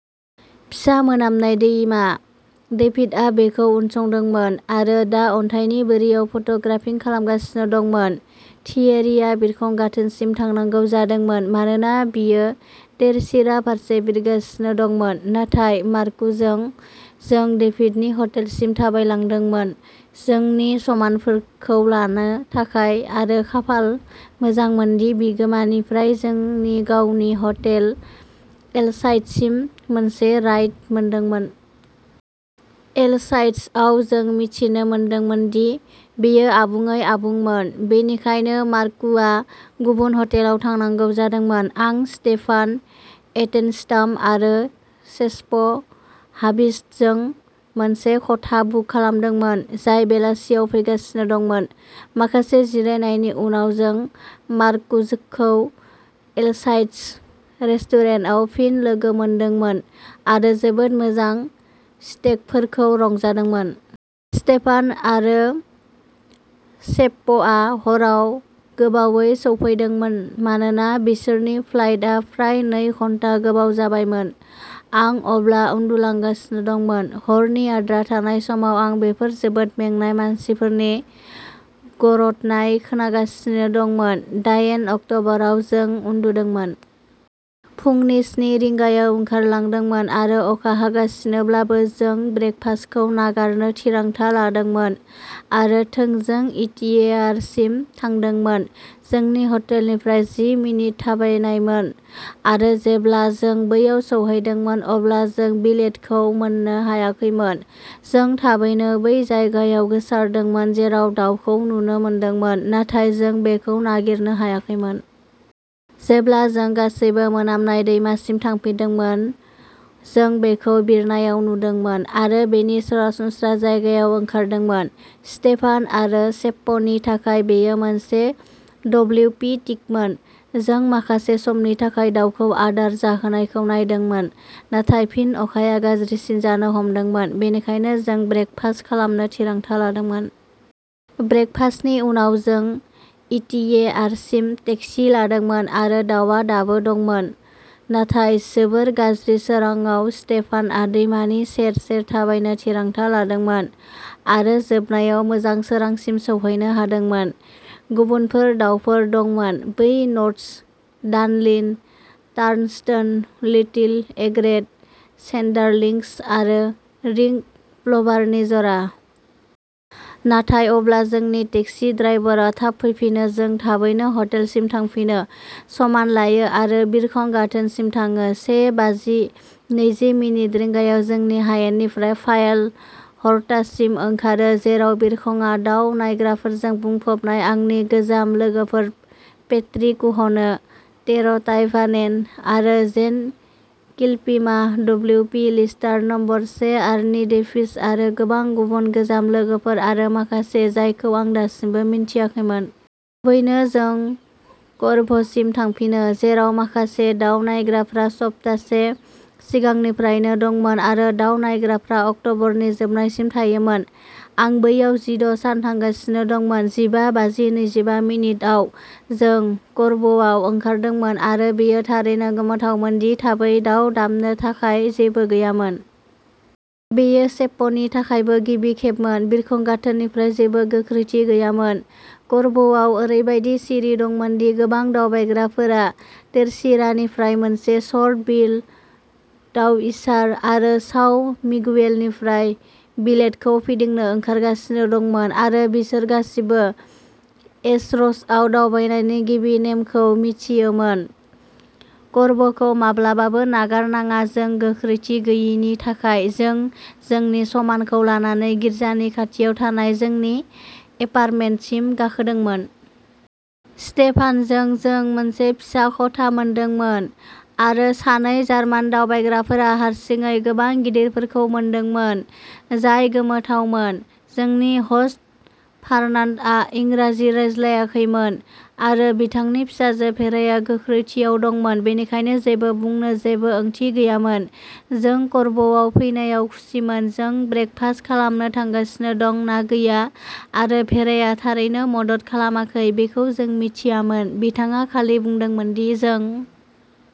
फिसा मोनामनाय दैमा। डेभिडआ बेखौ उनसंदोंमोन आरो दा अन्थाइनि बोरियाव फट'ग्राफिं खालामगासिनो दंमोन। थियेरिया बिरखं गाथोनसिम थांनांगौ जादोंमोन मानोना बियो तेरसिरा फारसे बिरगासिनो दंमोन, नाथाय मार्ककुजों जों डेभिडनि हटेलसिम थाबायलांदोंमोन जोंनि समानफोरखौ लानो थाखाय आरो खाफाल मोजांमोनदि बिगोमानिफ्राय जोंनि गावनि हटेल एलसाइड्ससिम मोनसे राइड मोनदोंमोन। एलसाइड्सआव जों मिथिनो मोनदोंमोन दि बेयो आबुङै आबुंमोन, बेनिखायनो मार्ककुआ गुबुन हटेलाव थांनांगौ जादोंमोन। आं स्टेफान एटेनस्टाम आरो सेप्प' हाविस्ट' जों मोनसे खथा बुक खालामदोंमोन, जाय बेलासियाव फैगासिनो दंमोन। माखासे जिरायनायनि उनाव जों मार्ककुखौ एलसाइड्स रेस्टुरेन्टआव फिन लोगो मोनदोंमोन आरो जोबोद मोजां स्टेकफोरखौ रंजादोंमोन। स्टेफान आरो सेप्प'आ हराव गोबावै सौफैदोंमोन मानोना बिसोरनि फ्लाइटआ फ्राय नै घन्टा गोबाव जाबायमोन। आं अब्ला उन्दुलांगासिनो दंमोन। हरनि आद्रा थानाय समाव आं बेफोर जोबोद मेंनाय मानसिफोरनि गरदनाय खोनागासिनो दंमोन। दायेन अक्ट'बराव जों उन्दुदोंमोन। फुंनि स्नि रिंगायाव ओंखारलांदोंमोन आरो अखा हागासिनोब्लाबो जों ब्रेकफास्टखौ नागारनो थिरांथा लादोंमोन आरो थोंजों ईटीएआरसिम थांदोंमोन। जोंनि हटेलनिफ्राय जि मिनिट थाबायनायमोन आरो जेब्ला जों बैयाव सौहैदोंमोन अब्ला जों विलेटखौ मोननो हायाखैमोन। जों थाबैनो बै जायगायाव गोसारदोंमोन जेराव दाउखौ नुनो मोनदोंमोन नाथाय जों बेखौ नागिरनो हायाखैमोन। जेब्ला जों गासैबो मोनामनाय दैमासिम थांफिनदोंमोन, जों बेखौ बिरनायाव नुदोंमोन आरो बेनि सरासनस्रा जायगायाव ओंखारदोंमोन। स्टेफान आरो सेप्प'नि थाखाय बेयो मोनसे डब्लिउपी टिकमोन। जों माखासे समनि थाखाय दाउखौ आदार जाहोनायखौ नायदोंमोन नाथाय फिन अखाया गाज्रिसिन जानो हमदोंमोन बेनिखायनो जों ब्रेकफास्ट खालामनो थिरांथा लादोंमोन। ब्रेकफास्टनि उनाव जों ईटीएआरसिम टेक्सि लादोंमोन आरो दाउआ दाबो दंमोन, नाथाय जोबोद गाज्रि सोरांआव स्टेफानआ दैमानि सेर सेर थाबायनो थिरांथा लादोंमोन आरो जोबनायाव मोजां सोरांसिम सौहैनो हादोंमोन। गुबुनफोर दाउफोर दंमोन बै knots, dunlin, turnstone, little egret, sanderlings आरो रिंग्ड प्लभारनि जरा -- नाथाय अब्ला जोंनि टेक्सि-ड्राइवरा थाब फैफिनो, जों थाबैनो ह'टेलसिम थांफिनो, समान लायो आरो बिरखं गाथोनसिम थाङो। से बाजि नैजि मिनिट रिंगायाव जोंनि हायेननिफ्राय फायाल, ह'र्टासिम ओंखारो, जेराव बिरखंआ दाव नायग्राफोरजों बुंफबनाय आंनि गोजाम लोगोफोर पेट्री कुहनो, टेर'टायभानेन आरो जेन किलपिमा, डब्लिउपि लिस्टार नम्बर से आर्नी डेभिस आरो गोबां गुबुन गोजाम लोगोफोर आरो माखासे जायखौ आं दासिमबो मिन्थियाखैमोन। थाबैनो जों क'रभ'सिम थांफिनो, जेराव माखासे दाव नायग्राफ्रा सप्तासे सिगांनिफ्रायनो दंमोन आरो दाव नायग्राफ्रा अक्ट'बरनि जोबनायसिम थायोमोन। आं बैयाव जिद' सान थांगासिनो दंमोन, जिबा बाजि नैजिबा मिनिट आव जों क'रभ'आव ओंखारदोंमोन आरो बेयो थारैनो गोमोथावमोन दि थाबै दाव दामनो थाखाय जेबो गैयामोन। बेयो सेप्प'नि थाखायबो गिबि खेबमोन। बिरखं गाथोननिफ्राय जेबो गोख्रैथि गैयामोन। करभ'आव ओरैबायदि सिरि दंमोन दि गोबां दावबायग्राफोरा तेरसिरानिफ्राय मोनसे शर्ट-बिल डाउइचार आरो साव मिगुएलनिफ्राय विलेटखौ फिदिंनो ओंखारगासिनो दंमोन आरो बिसोर गासिबो एजर'सआव दावबायनायनि गिबि नेमखौ मिथियोमोन करभ'खौ माब्लाबाबो नागार नाङा जों गोख्रैथि गैयिनि थाखाय, जों जोंनि समानखौ लानानै गिर्जानि खाथियाव थानाय जोंनि एपार्टमेन्टसिम गाखोदोंमोन। स्टेफानजों जों मोनसे फिसा खथा मोनदोंमोन आरो सानै जार्मान दावबायग्राफोरा हारसिङै गोबां गिदिरफोरखौ मोनदोंमोन, जाय गोमोथावमोन। जोंनि ह'स्ट फार्नान्ड'आ इंराजि रायज्लायाखैमोन आरो बिथांनि फिसाजो भेराया गोख्रैथिआव दंमोन, बेनिखायनो जेबो बुंनो जेबो ओंथि गैयामोन जों करभ'आव फैनायाव खुसिमोन जों ब्रेकफास्ट खालामनो थांगासिनो दं ना गैया आरो भेराया थारैनो मदद खालामाखै बेखौ जों मिथियामोन। बिथाङा खालि बुंदोंमोन दि जों --